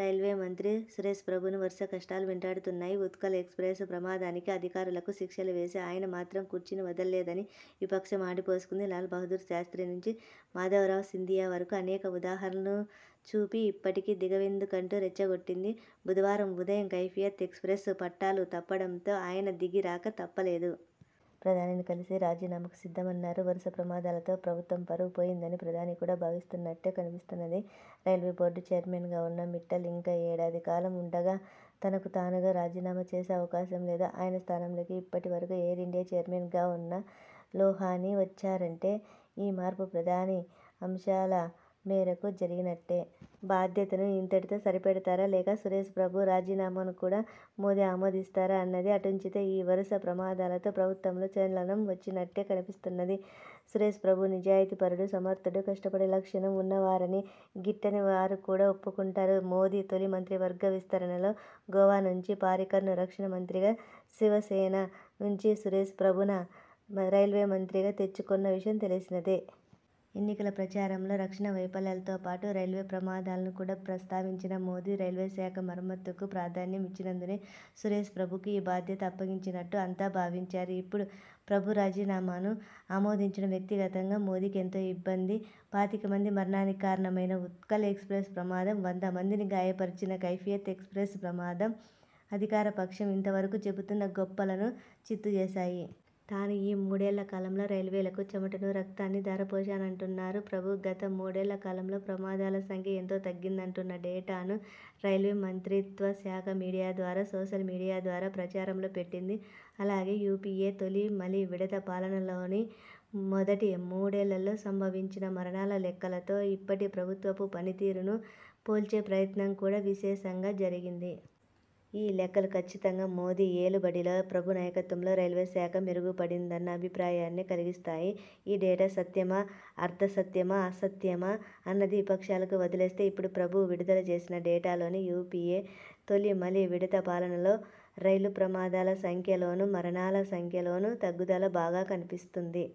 రైల్వేమంత్రి సురేష్ ప్రభును వరుస కష్టాలు వెంటాడుతున్నాయి. ఉత్కళ్ ఎక్స్ప్రెస్ ప్రమాదానికి అధికారులకు శిక్షలు వేసి, ఆయన మాత్రం కుర్చీని వదల్లేదని విపక్షం ఆడిపోసుకుంది. లాల్ బాహుదూర్ శాస్త్రి నుంచి మాధవరావు సింధియా వరకూ అనేక ఉదాహరణలు చూపి ఇప్పటికీ దిగ వెందుకంటూ రెచ్చగొట్టింది. బుధవారం ఉదయం కైఫియత్ ఎక్స్ప్రెస్ పట్టాలు తప్పడంతో ఆయన దిగిరాక తప్పలేదు. ప్రధానిని కలిసి రాజీనామాకు సిద్ధమన్నారు. వరుస ప్రమాదాలతో ప్రభుత్వం పరువు పోయిందని ప్రధాని కూడా భావిస్తున్నట్టే కనిపిస్తున్నది. రైల్వేబోర్డు చైర్మన్గా ఉన్న మిట్టల్ ఇంకా ఏడాది కాలం ఉండగా తనకు తానుగా రాజీనామా చేసే అవకాశం లేదు. ఆయన స్థానంలోకి ఇప్పటి వరకూ ఎయిరిండియా చైర్మన్గా ఉన్న లోహానీ వచ్చారంటే ఈ మార్పు ప్రధాని ఆదేశాల మేరకు జరిగినట్టే. బాధ్యతను ఇంతటితో సరిపెడతారా లేక సురేష్ ప్రభు రాజీనామాను కూడా మోదీ ఆమోదిస్తారా అన్నది అటుంచితే, ఈ వరుస ప్రమాదాలతో ప్రభుత్వంలో చలనం వచ్చినట్టే కనిపిస్తున్నది. సురేష్ ప్రభు నిజాయితీ పరుడు, సమర్థుడు, కష్టపడే లక్షణం ఉన్నవారని గిట్టనివారు కూడా ఒప్పుకుంటారు. మోదీ తొలి మంత్రివర్గ విస్తరణలో గోవా నుంచి పారీకర్ను రక్షణమంత్రిగా, శివసేన నుంచి సురేష్ ప్రభున రైల్వేమంత్రిగా తెచ్చుకున్న విషయం తెలిసిందే. ఎన్నికల ప్రచారంలో రక్షణ వైఫల్యాలతో పాటు రైల్వే ప్రమాదాలను కూడా ప్రస్తావించిన మోదీ, రైల్వేశాఖ మరమ్మతుకు ప్రాధాన్యం ఇచ్చినందునే సురేష్ ప్రభుకు ఈ బాధ్యత అప్పగించినట్టు అంతా భావించారు. ఇప్పుడు ప్రభు రాజీనామాను ఆమోదించడం వ్యక్తిగతంగా మోదీకి ఎంతో ఇబ్బంది. పాతిక మంది మరణానికి కారణమైన ఉత్కళ్ ఎక్స్ప్రెస్ ప్రమాదం, వంద మందిని గాయ పరచిన కైఫియత్ ఎక్స్ప్రెస్ ప్రమాదం అధికారపక్షం ఇంతవరకూ చెబుతున్న గొప్పలను చిత్తు చేశాయి. తాను ఈ మూడేళ్ళ కాలంలో రైల్వేలకు చెమటనూ రక్తాన్నీ ధారపోశానంటున్నారు ప్రభు. గత మూడేళ్ళకాలంలో ప్రమాదాల సంఖ్య ఎంతో తగ్గిందంటున్న డేటాను రైల్వేమంత్రిత్వశాఖ మీడియా ద్వారా సోషల్ మీడియా ద్వారా ప్రచారంలో పెట్టింది. అలాగే యూపీఏ తొలి, మలివిడత పాలనలోని మొదటి మూడేళ్ళలో సంభవించిన మరణాల లెక్కలతో ఇప్పటి ప్రభుత్వపు పని తీరును పోల్చే ప్రయత్నం కూడా విశేషంగా జరిగింది. ఈ లెక్కలు కచ్చితంగా మోదీ ఏలు బడిలో, ప్రభు నాయకత్వంలో రైల్వేశాఖ మెరుగుపడిందన్న అభిప్రాయాన్నే కలిగిస్తాయి. ఈ డేటా సత్యమా, అర్థసత్యమా, అసత్యమా అన్నది విపక్షాలకు వదిలేస్తే, ఇప్పుడు ప్రభు విడుదల చేసిన డేటాలోనే యూపీఎ తొలి, మలి విడత పాలనలో రైలు ప్రమాదాల సంఖ్యలోనూ, మరణాల సంఖ్యలోనూ తగ్గుదల బాగా కనిపిస్తుంది.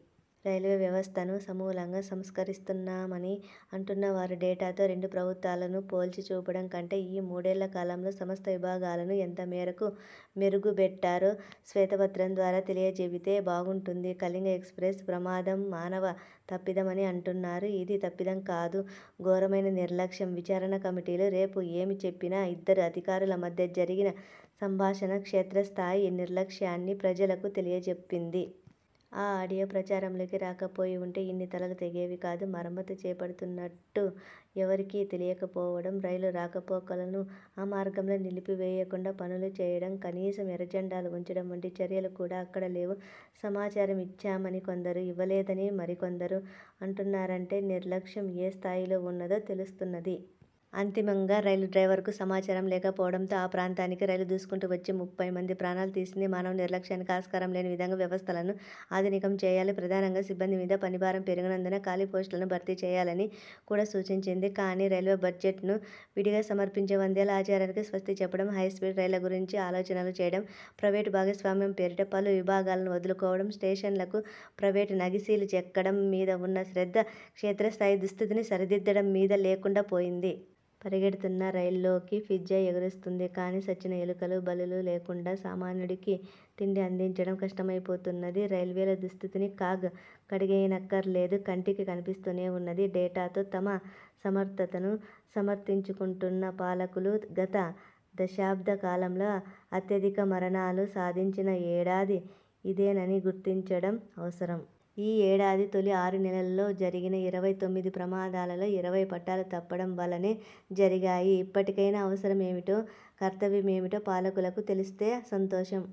రైల్వే వ్యవస్థను సమూలంగా సంస్కరిస్తున్నామని అంటున్నవారు డేటాతో రెండు ప్రభుత్వాలను పోల్చిచూపడం కంటే, ఈ మూడేళ్ళ కాలంలో సమస్త విభాగాలను ఎంతమేరకు మెరుగుబెట్టారో శ్వేతపత్రం ద్వారా తెలియచెబితే బాగుంటుంది. కళింగ ఎక్స్ప్రెస్ ప్రమాదం మానవ తప్పిదమని అంటున్నారు. ఇది తప్పిదం కాదు, ఘోరమైన నిర్లక్ష్యం. విచారణ కమిటీలు రేపు ఏమిచెప్పినా, ఇద్దరు అధికారుల మధ్య జరిగిన సంభాషణ క్షేత్రస్థాయి నిర్లక్ష్యాన్ని ప్రజలకు తెలియ చెప్పింది. ఆ ఆడియో ప్రచారంలోకి రాకపోయివుంటే ఇన్ని తలలు తెగేవి కాదు. మరమ్మతు చేపడుతున్నట్టు ఎవరికీ తెలియకపోవడం, రైళ్ళ రాకపోకలను ఆ మార్గంలో నిలిపి వేయకుండా పనులు చేయడం, కనీసం ఎర్రజెండాలు ఉంచడం వంటి చర్యలు కూడా అక్కడ లేవు. సమాచారం ఇచ్చామని కొందరు, ఇవ్వలేదని మరికొందరు అంటున్నారంటే నిర్లక్ష్యం ఏ స్థాయిలో ఉన్నదో తెలుస్తున్నది. అంతిమంగా రైలు డ్రైవర్కు సమాచారం లేకపోవడంతో ఆ ప్రాంతానికి రైలు దూసుకుంటూ వచ్చి ముప్పైమంది ప్రాణాలు తీసింది. మానవ నిర్లక్ష్యానికి ఆస్కారంలేని విధంగా వ్యవస్థలను ఆధునికం చేయాలి. ప్రధానంగా సిబ్బంది మీద పనిభారం పెరిగినందున ఖాళీ పోస్టులను భర్తీచేయాలని కూడా సూచించింది. కానీ, రైల్వే బడ్జెట్ను విడిగా సమర్పించే వందేళ్ళ ఆచారానికి స్వస్తి చెప్పడం, హైస్పీడ్ రైళ్ళ గురించి ఆలోచనలు చేయడం, ప్రైవేటు భాగస్వామ్యం పేరిట పలు విభాగాలను వదిలించుకోవడం, స్టేషన్లకు ప్రైవేటు నగిషీలు చెక్కడం మీద ఉన్న శ్రద్ధ క్షేత్రస్థాయి దుస్థితిని సరిదిద్దడం మీద లేకుండా పోయింది. పరిగెడుతున్న రైల్లోకి పిజ్జా ఎగిరొస్తుంది కానీ, చచ్చిన ఎలుకలూ, బల్లులూ లేకుండా సామాన్యుడికి తిండి అందించడం కష్టమైపోతున్నది. రైల్వేల దుస్థితిని కాగ్ కడిగేయనక్కరలేదు, కంటికి కనిపిస్తూనే ఉన్నది. డేటాతో తమ సమర్థతను సమర్థించుకుంటున్న పాలకులు గత దశాబ్ద కాలంలో అత్యధిక మరణాలు సాధించిన ఏడాది ఇదేనని గుర్తించడం అవసరం. ఈ ఏడాది తొలి ఆరు నెలల్లో జరిగిన ఇరవై తొమ్మిది ప్రమాదాల్లో ఇరవై పట్టాలు తప్పడం వల్లనే జరిగాయి. ఇప్పటికైనా అవసరమేమిటో, కర్తవ్యమేమిటో పాలకులకు తెలిసొస్తే సంతోషం.